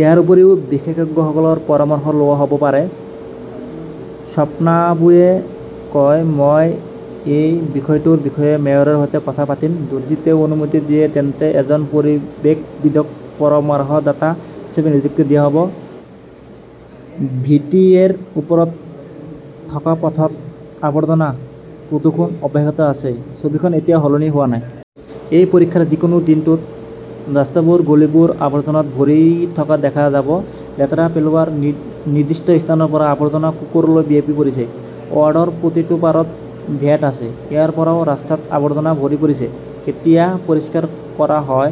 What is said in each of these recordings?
ইয়াৰ উপৰিও বিশেষজ্ঞসকলৰ পৰামৰ্শ লোৱা হ'ব পাৰে। স্বপ্নাবুবে কয়, মই এই বিষয়টোৰ বিষয়ে মেয়ৰৰ সৈতে কথা পাতিম। যদি তেওঁ অনুমতি দিয়ে তেন্তে এজন পৰিৱেশবিদক পৰামৰ্শদাতা হিচাপে নিযুক্তি দিয়া হ'ব। ভি. এ. টি. -ৰ ওপৰত থকা পথত আৱৰ্জনা, প্ৰদূষণ অব্যাহত আছে, ছবিখন এতিয়াও সলনি হোৱা নাই। এই পৰীক্ষাৰ যিকোনো দিনটোত, ৰাস্তাবোৰ, গলিবোৰ আৱৰ্জনাত ভৰি থকা দেখা যাব। লেতেৰা পেলোৱাৰ নিৰ্দিষ্ট স্থানৰ পৰা আৱৰ্জনা কুকুৰলৈ বিয়পি পৰিছে। ৱাৰ্ডৰ প্ৰতিটো পাৰত ভ্যাট আছে। ইয়াৰ পৰাও ৰাস্তাত আৱৰ্জনা ভৰি পৰিছে। কেতিয়া পৰিষ্কাৰ কৰা হয়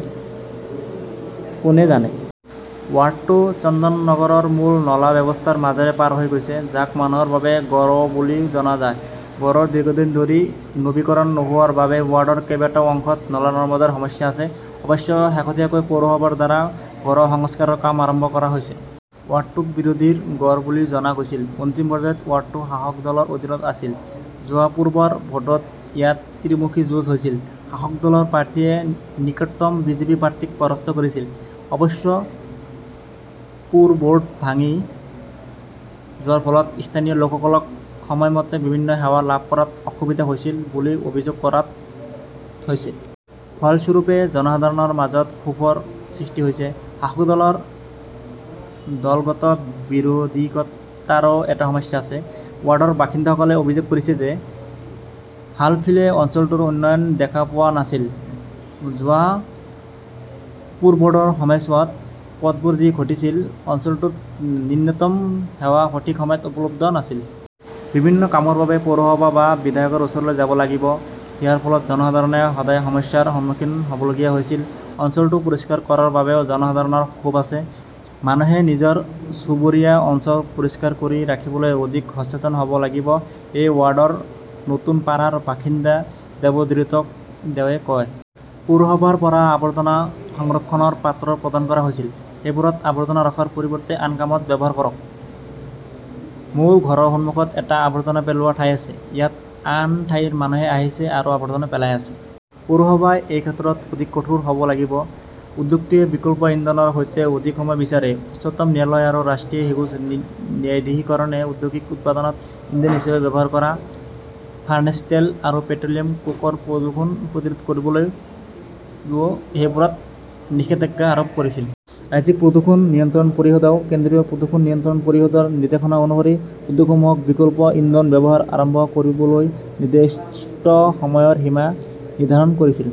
কোনে জানে! ৱাৰ্ডটো চন্দননগৰৰ মূল নলা ব্যৱস্থাৰ মাজেৰে পাৰ হৈ গৈছে। যাক মানুহৰ বাবে গড় বুলি জনা যায়। গড়ৰ দীৰ্ঘদিন ধৰি নৱীকৰণ নোহোৱাৰ বাবে ৱাৰ্ডৰ কেইবাটাও অংশত নলা-নৰ্দমাৰ সমস্যা আছে। অৱশ্যে, শেহতীয়াকৈ পৌৰসভাৰ দ্বাৰা গড় সংস্কাৰৰ কাম আৰম্ভ কৰা হৈছে। ৱাৰ্ডটোক বিৰোধীৰ গড় বুলি জনা গৈছিল। অন্তিম পৰ্যায়ত ৱাৰ্ডটো শাসক দলৰ অধীনত আছিল। যোৱা পূৰ্বৰ ভোটত ইয়াত ত্ৰিমুখী যুঁজ হৈছিল। শাসক দলৰ প্ৰাৰ্থীয়ে নিকটতম বিজেপি প্ৰাৰ্থীক পৰাস্ত কৰিছিল। অৱশ্যে, পুৰবৰ্ড ভাঙি যোৱাৰ ফলত স্থানীয় লোকসকলক সময়মতে বিভিন্ন সেৱা লাভ কৰাত অসুবিধা হৈছিল বুলি অভিযোগ কৰা হৈছে। ফলস্বৰূপে, জনসাধাৰণৰ মাজত ক্ষোভৰ সৃষ্টি হৈছে। শাসক দলৰ দলগত বিৰোধিতাৰো এটা সমস্যা আছে। ৱাৰ্ডৰ বাসিন্দাসকলে অভিযোগ কৰিছে যে হালফিলে অঞ্চলটোৰ উন্নয়ন দেখা পোৱা নাছিল। যোৱা পুৰবৰ্ডৰ সময়ছোৱাত পথবোৰ যি ঘটিছিল। অঞ্চলটোত ন্যূনতম সেৱা সঠিক সময়ত উপলব্ধ নাছিল। বিভিন্ন কামৰ বাবে পৌৰসভা বা বিধায়কৰ ওচৰলৈ যাব লাগিব। ইয়াৰ ফলত জনসাধাৰণে সদায় সমস্যাৰ সন্মুখীন হ'বলগীয়া হৈছিল। অঞ্চলটো পৰিষ্কাৰ কৰাৰ বাবেও জনসাধাৰণৰ ক্ষোভ আছে। মানুহে নিজৰ চুবুৰীয়া অঞ্চল পৰিষ্কাৰ কৰি ৰাখিবলৈ অধিক সচেতন হ'ব লাগিব, এই ৱাৰ্ডৰ নতুনপাৰাৰ বাসিন্দা দেৱব্ৰত দেয়ে কয়। পৌৰসভাৰ পৰা আৱৰ্জনা সংৰক্ষণৰ পাত্ৰ প্ৰদান কৰা হৈছিল। সেইবোৰত আৱৰ্জনা ৰখাৰ পৰিৱৰ্তে আন কামত ব্যৱহাৰ কৰক। মোৰ ঘৰৰ সন্মুখত এটা আৱৰ্জনা পেলোৱা ঠাই আছে। ইয়াত আন ঠাইৰ মানুহ আহিছে আৰু আৱৰ্জনা পেলাই আছে। পৌৰসভাই এই ক্ষেত্ৰত অধিক কঠোৰ হ'ব লাগিব। উদ্যোগটোৱে বিকল্প ইন্ধনৰ সৈতে অধিক সময় বিচাৰে, উচ্চতম ন্যায়ালয় আৰু ৰাষ্ট্ৰীয় সেউজ ন্যায়াধিকৰণে ঔদ্যোগিক উৎপাদনত ইন্ধন হিচাপে ব্যৱহাৰ কৰা ফাৰ্নেচ তেল আৰু পেট্ৰ'লিয়াম কোক ৰ প্ৰদূষণ প্ৰতিৰোধ কৰিবলৈ সেইবোৰত নিষেধাজ্ঞা আৰোপ কৰিছিল। ৰাজ্যিক প্ৰদূষণ নিয়ন্ত্ৰণ পৰিষদেও কেন্দ্ৰীয় প্ৰদূষণ নিয়ন্ত্ৰণ পৰিষদৰ নিৰ্দেশনা অনুসৰি উদ্যোগসমূহক বিকল্প ইন্ধন ব্যৱহাৰ আৰম্ভ কৰিবলৈ নিৰ্দিষ্ট সময়ৰ সীমা নিৰ্ধাৰণ কৰিছিল।